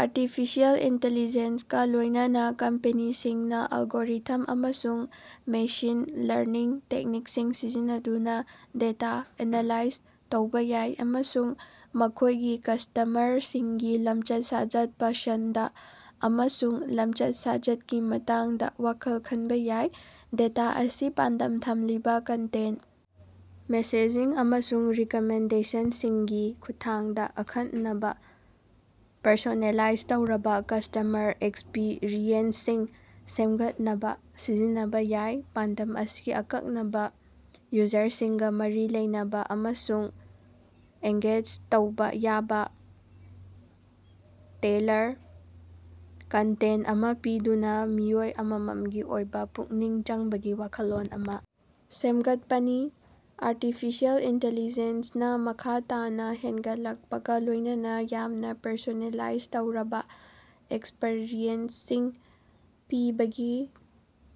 Artificial intelligence ꯀ ꯂꯣꯏꯅꯅꯥ ꯀꯝꯄꯦꯅꯤꯁꯤꯡꯅꯥ ꯑꯦꯜꯒꯣꯔꯤꯊꯝ ꯑꯃꯁꯨꯡ ꯃꯦꯁꯤꯟ ꯂꯔꯅꯤꯡ ꯇꯦꯛꯅꯤꯛꯁꯤꯡ ꯁꯤꯖꯤꯟꯅꯗꯨꯅꯥ ꯗꯦꯇꯥ ꯑꯦꯅꯥꯂꯥꯏꯖ ꯇꯧꯕꯥ ꯌꯥꯏ ꯑꯃꯁꯨꯡ ꯃꯈꯣꯏꯒꯤ ꯀꯁꯇꯃꯔꯁꯤꯡꯒꯤ ꯂꯝꯆꯠ ꯁꯥꯖꯠ ꯄꯁꯟꯗ ꯑꯃꯁꯨꯡ ꯂꯝꯆꯠ ꯁꯥꯖꯠꯀꯤ ꯃꯇꯥꯡꯗꯥ ꯋꯥꯈꯜ ꯈꯟꯕꯥ ꯌꯥꯏ꯫ ꯗꯦꯇꯥ ꯑꯁꯤ ꯄꯥꯟꯗꯝ ꯊꯝꯂꯤꯕꯥ ꯀꯟꯇꯦꯟꯠ ꯃꯦꯁꯦꯖꯤꯡ ꯑꯃꯁꯨꯡ ꯔꯤꯀꯃꯦꯟꯗꯦꯁꯟꯁꯤꯡꯒꯤ ꯈꯨꯠꯊꯥꯡꯗꯥ ꯑꯈꯟꯅꯕꯥ ꯄꯔꯁꯣꯅꯦꯂꯥꯏꯖ ꯇꯧꯔꯕꯥ ꯀꯁꯇꯃꯔ ꯑꯦꯛꯁꯄꯤꯔꯤꯑꯦꯟꯁꯁꯤꯡ ꯁꯦꯝꯒꯠꯅꯕꯥ ꯁꯤꯖꯤꯟꯅꯕꯥ ꯌꯥꯏ꯫ ꯄꯥꯟꯗꯝ ꯑꯁꯤ ꯑꯀꯛꯅꯕꯥ ꯌꯨꯖꯔꯁꯤꯡꯒꯥ ꯃꯔꯤ ꯂꯩꯅꯕꯥ ꯑꯃꯁꯨꯡ ꯑꯦꯡꯒꯦꯖ ꯇꯧꯕꯥ ꯌꯥꯕꯥ ꯇꯦꯜꯂꯔ ꯀꯟꯇꯦꯟꯠ ꯑꯃꯥ ꯄꯤꯗꯨꯅꯥ ꯃꯤꯑꯣꯏ ꯑꯃꯃꯝꯒꯤ ꯑꯣꯏꯕꯥ ꯄꯨꯛꯅꯤꯡ ꯆꯪꯕꯒꯤ ꯋꯥꯈꯜꯂꯣꯟ ꯑꯃꯥ ꯁꯦꯝꯒꯠꯄꯅꯤ꯫ ꯑꯥꯔꯇꯤꯐꯤꯁꯤꯌꯦꯜ ꯏꯟꯇꯤꯂꯤꯖꯦꯟꯁꯅꯥ ꯃꯈꯥ ꯇꯥꯅꯥ ꯍꯦꯟꯒꯠꯂꯛꯄꯒꯥ ꯂꯣꯏꯅꯅꯥ ꯌꯥꯝꯅꯥ ꯄꯔꯁꯣꯅꯦꯂꯥꯏꯖ ꯇꯧꯔꯕꯥ ꯑꯦꯛꯁꯄꯔꯤꯌꯦꯟꯁꯁꯤꯡ ꯄꯤꯕꯒꯤ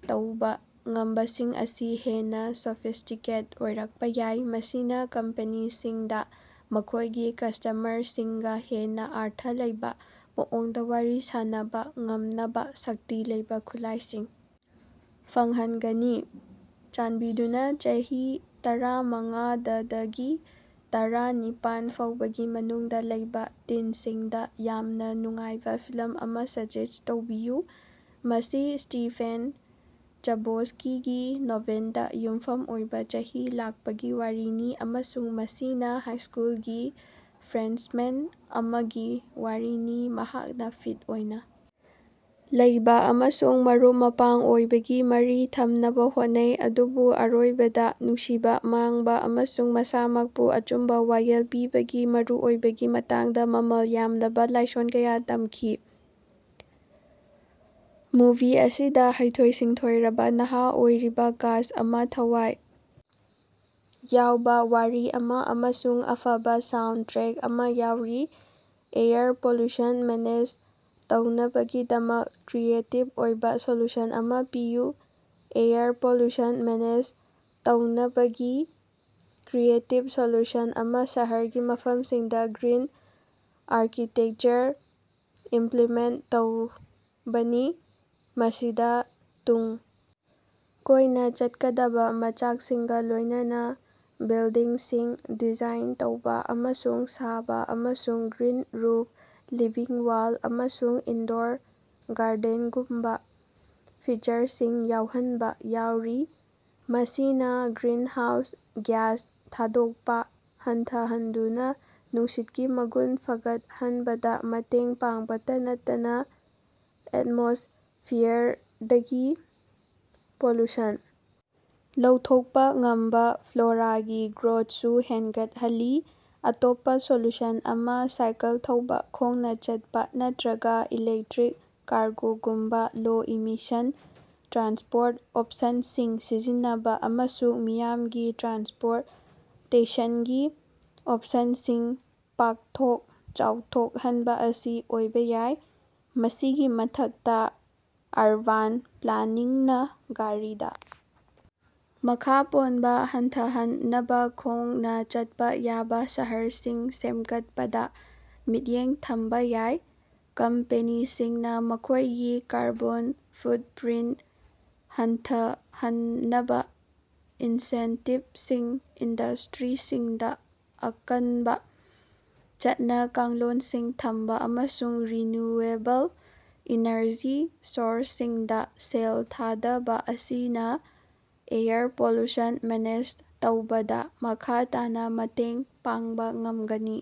ꯇꯧꯕꯥ ꯉꯝꯕꯁꯤꯡ ꯑꯁꯤ ꯍꯦꯟꯅꯥ ꯁꯣꯐꯤꯁ꯭ꯇꯤꯀꯦꯠ ꯑꯣꯏꯔꯛꯄꯥ ꯌꯥꯏ ꯃꯁꯤꯅꯥ ꯀꯝꯄꯦꯅꯤꯁꯤꯡꯗꯥ ꯃꯈꯣꯏꯒꯤ ꯀꯁꯇꯃꯔꯁꯤꯡꯒꯥ ꯍꯦꯟꯅꯥ ꯑꯔꯊ ꯂꯩꯕꯥ ꯃꯑꯣꯡꯗꯥ ꯋꯥꯔꯤ ꯁꯥꯟꯅꯕꯥ ꯉꯝꯅꯕꯥ ꯁꯛꯇꯤ ꯂꯩꯕꯥ ꯈꯨꯠꯂꯥꯏꯁꯤꯡ ꯐꯪꯍꯟꯒꯅꯤ꯫ ꯆꯥꯟꯕꯤꯗꯨꯅꯥ ꯆꯍꯤ ꯇꯔꯥꯃꯉꯥꯗꯗꯒꯤ ꯇꯔꯥꯅꯤꯄꯥꯟ ꯐꯥꯎꯕꯒꯤ ꯃꯅꯨꯡꯗꯥ ꯂꯩꯕꯥ ꯇꯤꯟꯁꯤꯡꯗꯥ ꯌꯥꯝꯅꯥ ꯅꯨꯡꯉꯥꯏꯕꯥ ꯐꯤꯂꯝ ꯑꯃꯥ ꯁꯖꯦꯁ꯭ꯠ ꯇꯧꯕꯤꯌꯨ꯫ ꯃꯁꯤ ꯁ꯭ꯇꯤꯐꯦꯟ ꯆꯕꯣꯁ꯭ꯀꯤꯒꯤ ꯅꯣꯚꯦꯜꯗꯥ ꯌꯨꯝꯐꯝ ꯑꯣꯏꯕꯥ ꯆꯍꯤ ꯂꯥꯛꯄꯒꯤ ꯋꯥꯔꯤꯅꯤ ꯑꯃꯁꯨꯡ ꯃꯁꯤꯅꯥ ꯍꯥꯏꯁ꯭ꯀꯨꯜꯒꯤ ꯐ꯭ꯔꯦꯁꯃꯦꯟ ꯑꯃꯒꯤ ꯋꯥꯔꯤꯅꯤ ꯃꯍꯥꯛꯅꯥ ꯐꯤꯠ ꯑꯣꯏꯅꯥ ꯂꯩꯕꯥ ꯑꯃꯁꯨꯡ ꯃꯔꯨꯞ ꯃꯄꯥꯡ ꯑꯣꯏꯕꯒꯤ ꯃꯔꯤ ꯊꯝꯅꯕꯥ ꯍꯣꯠꯅꯩ ꯑꯗꯨꯕꯨ ꯑꯔꯣꯏꯕꯗꯥ ꯅꯨꯡꯁꯤꯕꯥ ꯃꯥꯡꯕꯥ ꯑꯃꯁꯨꯡ ꯃꯁꯥꯃꯛꯄꯨ ꯑꯆꯨꯝꯕꯥ ꯋꯥꯌꯦꯜ ꯄꯤꯕꯒꯤ ꯃꯔꯨꯑꯣꯏꯕꯒꯤ ꯃꯇꯥꯡꯗꯥ ꯃꯃꯜ ꯌꯥꯝꯂꯕꯥ ꯂꯥꯏꯁꯣꯟ ꯀꯌꯥ ꯇꯝꯈꯤ꯫ ꯃꯨꯚꯤ ꯑꯁꯤꯗꯥ ꯍꯩꯊꯣꯏ ꯁꯤꯡꯊꯣꯏꯔꯕꯥ ꯅꯍꯥ ꯑꯣꯏꯔꯤꯕꯥ ꯀꯥꯁ꯭ꯠ ꯑꯃꯥ ꯊꯋꯥꯏ ꯌꯥꯎꯕꯥ ꯋꯥꯔꯤ ꯑꯃꯥ ꯑꯃꯁꯨꯡ ꯑꯐꯕꯥ ꯁꯥꯎꯟꯗ ꯇ꯭ꯔꯦꯛ ꯑꯃꯥ ꯌꯥꯎꯔꯤ꯫ ꯑꯦꯌꯔ ꯄꯣꯂꯨꯁꯟ ꯃꯦꯅꯦꯖ ꯇꯧꯅꯕꯒꯤꯗꯃꯛ ꯀ꯭ꯔꯤꯌꯦꯇꯤꯕ ꯑꯣꯏꯕꯥ ꯁꯣꯂꯨꯁꯟ ꯑꯃꯥ ꯄꯤꯌꯨ꯫ ꯑꯦꯌꯔ ꯄꯣꯂꯨꯁꯟ ꯃꯦꯅꯦꯖ ꯇꯧꯅꯕꯒꯤ ꯀ꯭ꯔꯤꯌꯦꯇꯤꯕ ꯁꯣꯂꯨꯁꯟ ꯑꯃꯗꯤ ꯁꯍꯔꯒꯤ ꯃꯐꯝꯁꯤꯡꯗꯥ ꯒ꯭ꯔꯤꯟ ꯑꯥꯔꯀꯤꯇꯦꯛꯆꯔ ꯏꯝꯄ꯭ꯂꯤꯃꯦꯟꯠ ꯇꯧꯕꯅꯤ꯫ ꯃꯁꯤꯗꯥ ꯇꯨꯡ ꯀꯣꯏꯅꯥ ꯆꯠꯀꯗꯕꯥ ꯃꯆꯥꯛꯁꯤꯡꯒꯥ ꯂꯣꯏꯅꯅꯥ ꯕꯤꯜꯗꯤꯡꯁꯤꯡ ꯗꯤꯖꯥꯏꯟ ꯇꯧꯕꯥ ꯑꯃꯁꯨꯡ ꯁꯥꯕꯥ ꯑꯃꯁꯨꯡ ꯒ꯭ꯔꯤꯟ ꯔꯨꯐ ꯂꯤꯚꯤꯡ ꯋꯥꯜ ꯑꯃꯁꯨꯡ ꯏꯟꯗꯣꯔ ꯒꯥꯔꯗꯦꯟꯒꯨꯝꯕꯥ ꯐꯤꯆꯔꯁꯤꯡ ꯌꯥꯎꯍꯟꯕꯥ ꯌꯥꯎꯔꯤ꯫ ꯃꯁꯤꯅꯥ ꯒ꯭ꯔꯤꯟꯍꯥꯎꯁ ꯒ꯭ꯌꯥꯁ ꯊꯥꯗꯣꯛꯄꯥ ꯍꯟꯊꯍꯟꯗꯨꯅꯥ ꯅꯨꯡꯁꯤꯠꯀꯤ ꯃꯒꯨꯟ ꯐꯒꯠꯍꯟꯕꯗꯥ ꯃꯇꯦꯡ ꯄꯥꯡꯕꯇꯥ ꯅꯠꯇꯅꯥ ꯑꯦꯠꯃꯣꯁ꯭ꯐꯤꯌꯔꯗꯒꯤ ꯄꯣꯂꯨꯁꯟ ꯂꯧꯊꯣꯛꯄꯥ ꯉꯝꯕꯥ ꯐ꯭ꯂꯣꯔꯥꯒꯤ ꯒ꯭ꯔꯣꯊꯁꯨ ꯍꯦꯟꯒꯠꯍꯜꯂꯤ꯫ ꯑꯇꯣꯞꯄꯥ ꯁꯣꯂꯨꯁꯟ ꯑꯃꯅꯥ ꯁꯥꯏꯀꯜ ꯊꯧꯕꯥ ꯈꯣꯡꯅꯥ ꯆꯠꯄꯥ ꯅꯠꯇ꯭ꯔꯒꯥ ꯏꯂꯦꯛꯇ꯭ꯔꯤꯛ ꯀꯥꯔꯒꯣꯒꯨꯝꯕꯥ ꯂꯣ-ꯏꯃꯤꯁꯟ ꯇ꯭ꯔꯥꯟꯁꯄꯣꯔꯠ ꯑꯣꯞꯁꯟꯁꯤꯡ ꯁꯤꯖꯤꯟꯅꯕꯥ ꯑꯃꯁꯨꯡ ꯃꯤꯌꯥꯝꯒꯤ ꯇ꯭ꯔꯥꯟꯁꯄꯣꯔꯇꯦꯁꯟꯒꯤ ꯑꯣꯞꯁꯟꯁꯤꯡ ꯄꯥꯛꯊꯣꯛ ꯆꯥꯎꯊꯣꯛꯍꯟꯕꯥ ꯑꯁꯤ ꯑꯣꯏꯕꯥ ꯌꯥꯏ꯫ ꯃꯁꯤꯒꯤ ꯃꯊꯛꯇꯥ ꯑꯔꯕꯥꯟ ꯄ꯭ꯂꯥꯅꯤꯡꯅꯥ ꯒꯥꯔꯤꯗꯥ ꯃꯈꯥ ꯄꯣꯟꯕꯥ ꯍꯟꯊꯍꯟꯅꯕꯥ ꯈꯣꯡꯅꯥ ꯆꯠꯄꯥ ꯌꯥꯕꯥ ꯁꯍꯔꯁꯤꯡ ꯁꯦꯝꯒꯠꯄꯗꯥ ꯃꯤꯠꯌꯦꯡ ꯊꯝꯕꯥ ꯌꯥꯏ꯫ ꯀꯝꯄꯦꯅꯤꯁꯤꯡꯅꯥ ꯃꯈꯣꯏꯒꯤ ꯀꯥꯔꯕꯣꯟ ꯐꯨꯠꯄ꯭ꯔꯤꯟꯠ ꯍꯟꯊꯍꯟꯅꯕꯥ ꯏꯟꯁꯦꯟꯇꯤꯕꯁꯤꯡ ꯏꯟꯗꯁꯇ꯭ꯔꯤꯁꯤꯡꯗꯥ ꯑꯀꯟꯕꯥ ꯆꯠꯅ ꯀꯥꯡꯂꯣꯟꯁꯤꯡ ꯊꯝꯕꯥ ꯑꯃꯁꯨꯡ ꯔꯤꯅ꯭ꯌꯨꯑꯦꯕꯜ ꯏꯅꯔꯖꯤ ꯁꯣꯔꯁꯁꯤꯡꯗꯥ ꯁꯦꯜ ꯊꯥꯗꯕꯥ ꯑꯁꯤꯅꯥ ꯑꯦꯌꯔ ꯄꯣꯂꯨꯁꯟ ꯃꯦꯅꯦꯖ ꯇꯧꯕꯗꯥ ꯃꯈꯥ ꯇꯥꯅꯥ ꯃꯇꯦꯡ ꯄꯥꯡꯕꯥ ꯉꯝꯒꯅꯤ꯫